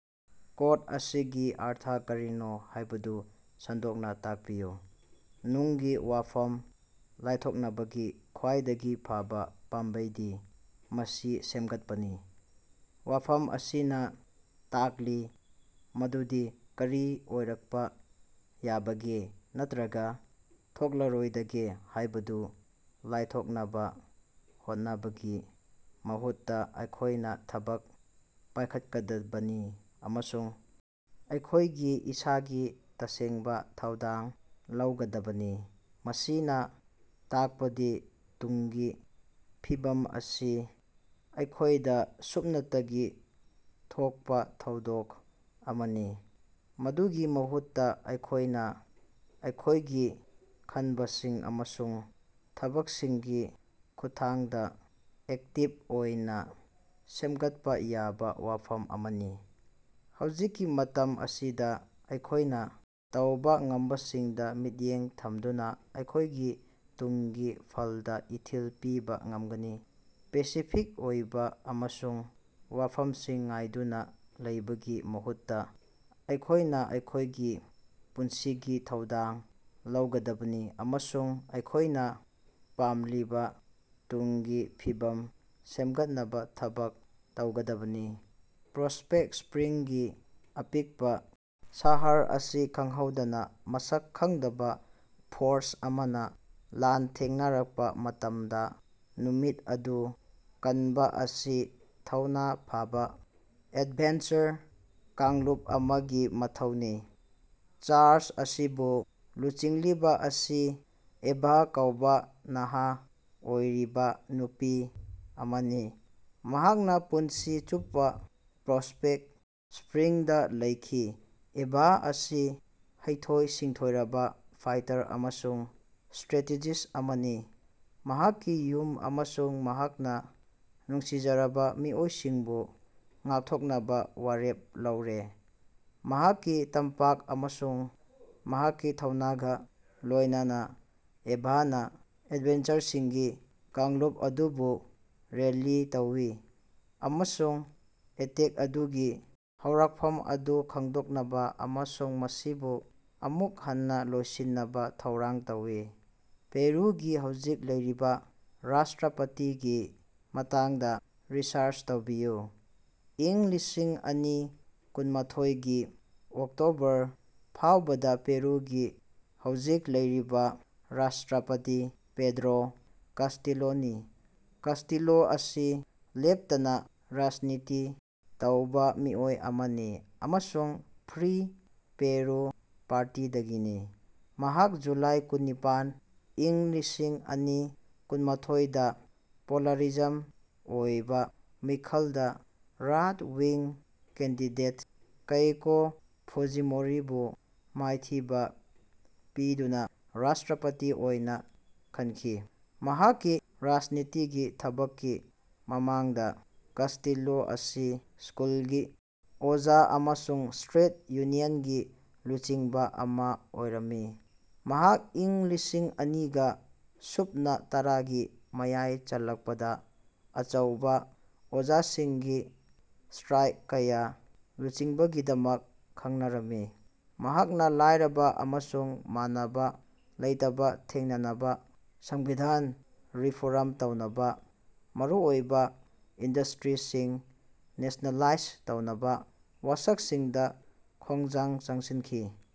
Code ꯑꯁꯤꯒꯤ ꯑꯔꯊ ꯀꯔꯤꯅꯣ ꯍꯥꯏꯕꯗꯨ ꯁꯟꯗꯣꯛꯅ ꯇꯥꯛꯄꯤꯌꯨ: "ꯇꯨꯡꯒꯤ ꯋꯥꯐꯝ ꯂꯥꯏꯊꯣꯛꯅꯕꯒꯤ ꯈ꯭ꯋꯥꯏꯗꯒꯤ ꯐꯕ ꯄꯥꯝꯕꯩꯗꯤ ꯃꯁꯤ ꯁꯦꯝꯒꯠꯄꯅꯤ꯫" ꯋꯥꯐꯝ ꯑꯁꯤꯅ ꯇꯥꯛꯂꯤ ꯃꯗꯨꯗꯤ ꯀꯔꯤ ꯑꯣꯏꯔꯛꯄ ꯌꯥꯕꯒꯦ ꯅꯠꯇ꯭ꯔꯒ ꯊꯣꯛꯂꯔꯣꯏꯗꯒꯦ ꯍꯥꯏꯕꯗꯨ ꯂꯥꯏꯊꯣꯛꯅꯕ ꯍꯣꯠꯅꯕꯒꯤ ꯃꯍꯨꯠꯇ ꯑꯩꯈꯣꯏꯅ ꯊꯕꯛ ꯄꯥꯏꯈꯠꯀꯗꯕꯅꯤ ꯑꯃꯁꯨꯡ ꯑꯩꯈꯣꯏꯒꯤ ꯏꯁꯥꯒꯤ ꯇꯁꯦꯡꯕ ꯊꯧꯗꯥꯡ ꯂꯧꯒꯗꯕꯅꯤ꯫ ꯃꯁꯤꯅ ꯇꯥꯛꯄꯗꯤ ꯇꯨꯡꯒꯤ ꯐꯤꯕꯝ ꯑꯁꯤ ꯑꯩꯈꯣꯏꯗ ꯁꯨꯞꯅꯇꯒꯤ ꯊꯣꯛꯄ ꯊꯧꯗꯣꯛ ꯑꯃꯅꯤ, ꯃꯗꯨꯒꯤ ꯃꯍꯨꯠꯇ ꯑꯩꯈꯣꯏꯅ ꯑꯩꯈꯣꯏꯒꯤ ꯈꯟꯕꯁꯤꯡ ꯑꯃꯁꯨꯡ ꯊꯕꯛꯁꯤꯡꯒꯤ ꯈꯨꯠꯊꯥꯡꯗ ꯑꯦꯛꯇꯤꯕ ꯑꯣꯏꯅ ꯁꯦꯝꯒꯠꯄ ꯌꯥꯕ ꯋꯥꯐꯝ ꯑꯃꯅꯤ꯫ ꯍꯧꯖꯤꯛꯀꯤ ꯃꯇꯝ ꯑꯁꯤꯗ ꯑꯩꯈꯣꯏꯅ ꯇꯧꯕ ꯉꯝꯕꯁꯤꯡꯗ ꯃꯤꯠꯌꯦꯡ ꯊꯝꯗꯨꯅ ꯑꯩꯈꯣꯏꯒꯤ ꯇꯨꯡꯒꯤ ꯐꯜꯗ ꯏꯊꯤꯜ ꯄꯤꯕ ꯉꯝꯒꯅꯤ꯫ ꯄꯦꯁꯤꯐꯤꯛ ꯑꯣꯏꯕ ꯑꯃꯁꯨꯡ ꯋꯥꯐꯝꯁꯤꯡ ꯉꯥꯏꯗꯨꯅ ꯂꯩꯕꯒꯤ ꯃꯍꯨꯠꯇ ꯑꯩꯈꯣꯏꯅ ꯑꯩꯈꯣꯏꯒꯤ ꯄꯨꯟꯁꯤꯒꯤ ꯊꯧꯗꯥꯡ ꯂꯧꯒꯗꯕꯅꯤ ꯑꯃꯁꯨꯡ ꯑꯩꯈꯣꯏꯅ ꯄꯥꯝꯂꯤꯕ ꯇꯨꯡꯒꯤ ꯐꯤꯕꯝ ꯁꯦꯝꯒꯠꯅꯕ ꯊꯕꯛ ꯇꯧꯒꯗꯕꯅꯤ꯫ ꯄ꯭ꯔꯣꯁꯄꯦꯛ ꯁꯄ꯭ꯔꯤꯡꯒꯤ ꯑꯄꯤꯛꯄ ꯁꯍꯔ ꯑꯁꯤ ꯈꯪꯍꯧꯗꯅ ꯃꯁꯛ ꯈꯪꯗꯕ ꯐꯣꯔꯁ ꯑꯃꯅ ꯂꯥꯟꯊꯦꯡꯅꯔꯛꯄ ꯃꯇꯝꯗ ꯅꯨꯃꯤꯠ ꯑꯗꯨ ꯀꯟꯕ ꯑꯁꯤ ꯊꯧꯅꯥ ꯐꯕ ꯑꯦꯗꯚꯦꯟꯆꯔ ꯀꯥꯡꯂꯨꯞ ꯑꯃꯒꯤ ꯃꯊꯧꯅꯤ꯫ ꯆꯥꯔꯖ ꯑꯁꯤꯕꯨ ꯂꯨꯆꯤꯡꯂꯤꯕ ꯑꯁꯤ ꯑꯚꯥ ꯀꯧꯕꯥ ꯅꯍꯥ ꯑꯣꯏꯔꯤꯕ ꯅꯨꯄꯤ ꯑꯃꯅꯤ꯫ ꯃꯍꯥꯛꯅ ꯄꯨꯟꯁꯤ ꯆꯨꯞꯄ ꯄ꯭ꯔꯣꯁꯄꯦꯛ ꯁ꯭ꯄꯔꯤꯡꯗ ꯂꯩꯈꯤ꯫ ꯑꯚꯥ ꯑꯁꯤ ꯍꯩꯊꯣꯏ-ꯁꯤꯡꯊꯣꯏꯔꯕ ꯐꯥꯏꯇꯔ ꯑꯃꯁꯨꯡ ꯁꯇ꯭ꯔꯦꯇꯦꯖꯤꯁ ꯑꯃꯅꯤ, ꯃꯍꯥꯛꯀꯤ ꯌꯨꯝ ꯑꯃꯁꯨꯡ ꯃꯍꯥꯛꯅ ꯅꯨꯡꯁꯤꯖꯕ ꯃꯤꯑꯣꯏꯁꯤꯡꯕꯨ ꯉꯥꯛꯊꯣꯛꯅꯕ ꯋꯥꯔꯦꯞ ꯂꯧꯔꯦ꯫ ꯃꯍꯥꯛꯀꯤ ꯇꯝꯄꯥꯛ ꯑꯃꯁꯨꯡ ꯃꯍꯥꯛꯀꯤ ꯊꯧꯅꯥꯒ ꯂꯣꯏꯅꯅ ꯑꯚꯥꯅ ꯑꯦꯗꯚꯦꯟꯆꯔꯁꯤꯡꯒꯤ ꯀꯥꯡꯂꯨꯞ ꯑꯗꯨꯕꯨ ꯔꯦꯂꯤ ꯇꯧꯏ ꯑꯃꯁꯨꯡ ꯑꯦꯇꯦꯛ ꯑꯗꯨꯒꯤ ꯍꯧꯔꯛꯐꯝ ꯑꯗꯨ ꯈꯪꯗꯣꯛꯅꯕ ꯑꯃꯁꯨꯡ ꯃꯁꯤꯕꯨ ꯑꯃꯨꯛ ꯍꯟꯅ ꯂꯣꯏꯁꯤꯟꯅꯕ ꯊꯧꯔꯥꯡ ꯇꯧꯏ꯫ ꯄꯦꯔꯨꯒꯤ ꯍꯧꯖꯤꯛ ꯂꯩꯔꯤꯕꯥ ꯔꯥꯁꯇ꯭ꯔꯄꯇꯤꯒꯤ ꯃꯇꯥꯡꯗ ꯔꯤꯁꯔꯆ ꯇꯧꯕꯤꯌꯨ꯫ ꯏꯪ ꯂꯤꯁꯤꯡ ꯑꯅꯤ ꯀꯨꯟꯃꯥꯊꫭꯏꯒꯤ ꯑꯣꯛꯇꯣꯕꯔ ꯐꯥꯎꯕꯗ ꯄꯦꯔꯨꯒꯤ ꯍꯧꯖꯤꯛ ꯂꯩꯔꯤꯕ ꯔꯥꯁꯇ꯭ꯔꯄꯇꯤ ꯄꯦꯗ꯭ꯔꯣ ꯀꯥꯁꯇꯤꯂꯣꯅꯤ꯫ ꯀꯥꯁꯇꯤꯂꯣ ꯑꯁꯤ ꯂꯦꯞꯇꯅ ꯔꯥꯖꯅꯤꯇꯤ ꯇꯧꯕ ꯃꯤꯑꯣꯏ ꯑꯃꯅꯤ ꯑꯃꯁꯨꯡ ꯐ꯭ꯔꯤ ꯄꯦꯔꯨ ꯄꯥꯔꯇꯤꯗꯒꯤꯅꯤ꯫ ꯃꯍꯥꯛ ꯖꯨꯂꯥꯏ ꯀꯨꯟꯅꯤꯄꯥꯟ, ꯏꯪ ꯂꯤꯁꯤꯡ ꯑꯅꯤ ꯀꯨꯟꯃꯥꯊꫭꯏꯗ ꯄꯣꯂꯥꯔꯤꯖꯝ ꯑꯣꯏꯕ ꯃꯤꯈꯜꯗ ꯔꯥꯏꯠ-ꯋꯤꯡ ꯀꯦꯟꯗꯤꯗꯦꯠ ꯀꯦꯏꯀꯣ ꯐꯨꯖꯤꯃꯣꯔꯤꯕꯨ ꯃꯥꯏꯊꯤꯕ ꯄꯤꯗꯨꯅ ꯔꯥꯁꯇ꯭ꯔꯄꯇꯤ ꯑꯣꯏꯅ ꯈꯟꯈꯤ꯫ ꯃꯍꯥꯛꯀꯤ ꯔꯥꯖꯅꯤꯇꯤꯒꯤ ꯊꯕꯛꯀꯤ ꯃꯃꯥꯡꯗ, ꯀꯥꯁꯇꯤꯂꯣ ꯑꯁꯤ ꯁ꯭ꯀꯨꯜꯒꯤ ꯑꯣꯖꯥ ꯑꯃꯁꯨꯡ ꯇ꯭ꯔꯦꯗ ꯌꯨꯅꯤꯌꯟꯒꯤ ꯂꯨꯆꯤꯡꯕ ꯑꯃꯥ ꯑꯣꯏꯔꯝꯃꯤ꯫ ꯃꯍꯥꯛ ꯏꯪ ꯂꯤꯁꯤꯡ ꯑꯅꯤꯒ ꯁꯨꯞꯅ ꯇꯔꯥꯒꯤ ꯃꯌꯥꯏ ꯆꯜꯂꯛꯄꯗ ꯑꯆꯧꯕ ꯑꯣꯖꯥꯁꯤꯡꯒꯤ ꯁꯇ꯭ꯔꯥꯏꯛ ꯀꯌꯥ ꯂꯨꯆꯤꯡꯕꯒꯤꯗꯃꯛ ꯈꯪꯅꯔꯝꯃꯤ꯫ ꯃꯍꯥꯛꯅ ꯂꯥꯏꯔꯕ ꯑꯃꯁꯨꯡ ꯃꯥꯟꯅꯕ ꯂꯩꯇꯕ ꯊꯦꯡꯅꯅꯕ, ꯁꯪꯕꯤꯙꯥꯟ ꯔꯤꯐꯣꯔꯝ ꯇꯧꯅꯕ, ꯃꯔꯨꯑꯣꯏꯕꯥ ꯏꯟꯗꯁꯇ꯭ꯔꯤꯁꯤꯡ ꯅꯦꯁꯅꯦꯂꯥꯏꯖ ꯇꯧꯅꯕ ꯋꯥꯁꯛꯁꯤꯡꯗ ꯈꯣꯡꯖꯪ ꯆꯪꯁꯤꯟꯈꯤ꯫